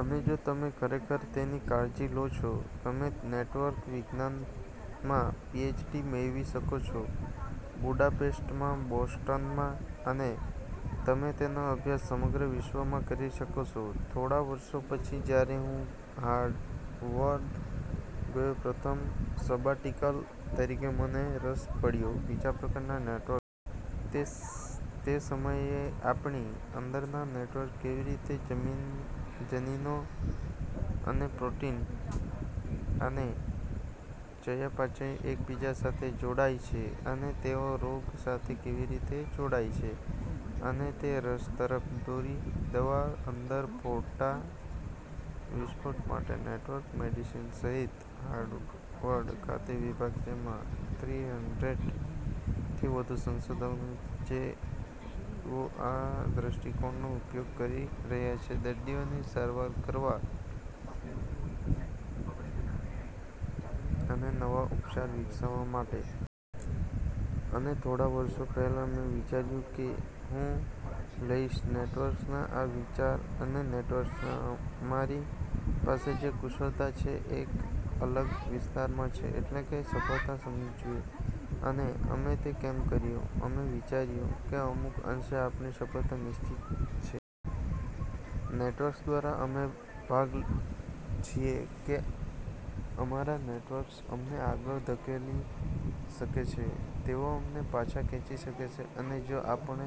અને જો તમે ખરેખર તેની કાળજી લો છો, તમે નેટવર્ક વિજ્ઞાનમાં પીએચડી મેળવી શકો છો બુડાપેસ્ટમાં, બોસ્ટનમાં, અને તમે તેનો અભ્યાસ સમગ્ર વિશ્વમાં કરી શકો છો. થોડા વર્ષો પછી જ્યારે હું હાર્વર્ડ ગયો પ્રથમ સબાટિકલ તરીકે, મને રસ પડ્યો બીજા પ્રકારનાં નેટવર્કમાં. તે સમયે આપણી અંદરનાં નેટવર્ક્સ કેવી રીતે જનીનો અને પ્રોટીન અને ચયાપચય એકબીજા સાથે જોડાય છે અને તેઓ રોગ સાથે કેવી રીતે જોડાય છે. અને તે રસ તરફ દોરી દવા અંદર મોટા વિસ્ફોટ માટે નેટવર્ક મેડિસિન સહિત હાર્વર્ડ ખાતે વિભાગ જેમાં થ્રી હન્ડ્રેડ થી વધુ સંશોધકો છે જેઓ આ દ્રષ્ટિકોણનો ઉપયોગ કરી રહ્યા છે દર્દીઓની સારવાર કરવા અને નવા ઉપચાર વિકસાવવા માટે. અને થોડા વર્ષો પહેલા, મેં વિચાર્યું કે હું લઈશ નેટવર્ક્સનો આ વિચાર અને નેટવર્ક્સમાં અમારી પાસે જે કુશળતા છે એક અલગ વિસ્તારમાં એટલે કે સફળતાને સમજવી. અને અમે તે કેમ કર્યું? અમે વિચાર્યું કે અમુક અંશે આપણી સફળતા નિશ્ચિત છે. નેટવર્ક્સ દ્વારા અમે ભાગ છીએ કે અમારા નેટવર્ક અમને આગળ ધકેલી શકે છે, તેઓ અમને પાછા ખેંચી શકે છે. અને જો આપણે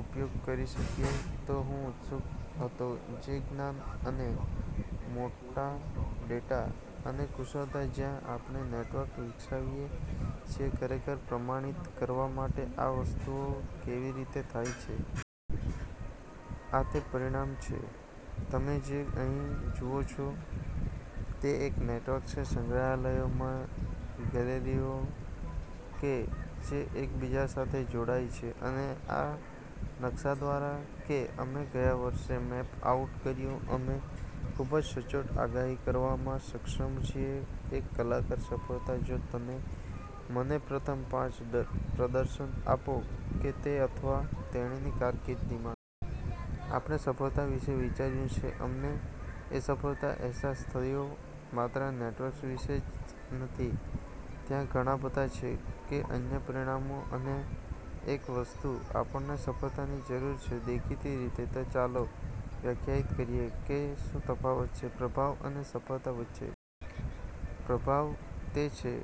ઉપયોગ કરી શકીએ તો હું ઉત્સુક હતો જે જ્ઞાન અને મોટા ડેટા અને કુશળતા જ્યાં આપણે નેટવર્ક વિકસાવીએ છીએ ખરેખર પ્રમાણિત કરવા માટે આ વસ્તુઓ કેવી રીતે થાય છે. આ તે પરિણામ છે. તમે જે અહીં જુઓ છો તે એક નેટવર્ક છે સંગ્રહાલયોમાં ગેલેરીઓ કે જે એકબીજા સાથે જોડાય છે. અને આ નકશા દ્વારા કે અમે ગયા વર્ષે મેપ આઉટ કર્યું. અમે ખૂબ જ સચોટ આગાહી કરવામાં સક્ષમ છીએ એક કલાકાર સફળતા જો તમે મને પ્રથમ પાંચ પ્રદર્શન આપો કે તે અથવા તેણીની કારકીર્દિમાં. આપણે સફળતા વિશે વિચાર્યું છે. અમને એ સફળતાનો અહેસાસ થયો માત્ર નેટવર્ક્સ વિશે જ નથી, ત્યાં ઘણા બધા છે કે અન્ય પરિમાણો. અને એક વસ્તુ આપણને સફળતાની જરૂર છે દેખીતી રીતે. તો ચાલો વ્યાખ્યાયિત કરીએ કે શું તફાવત છે પ્રભાવ અને સફળતા વચ્ચે. પ્રભાવ તે છે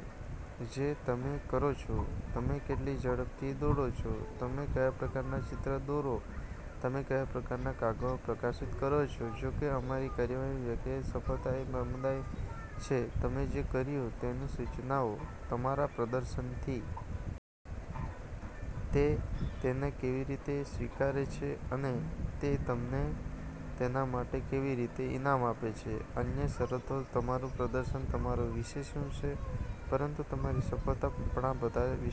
જે તમે કરો છો. તમે કેટલી ઝડપથી દોડો છો, તમે કયા પ્રકારનાં ચિત્રો દોરો, તમે કયા પ્રકારનાં કાગળો પ્રકાશિત કરો છો. જોકે અમારી કાર્યકારી વ્યાખ્યામાં સફળતા એ સમુદાયની છે તમે જે કર્યું તેની સૂચનાઓ તમારા પ્રદર્શનથી. તે તેને કેવી રીતે સ્વીકારે છે અને તે તમને તેના માટે કેવી રીતે ઇનામ આપે છે? અન્ય શરતોમાં તમારું પ્રદર્શન તમારા વિશે છે પરંતુ તમારી સફળતા આપણા બધા વિશે છે.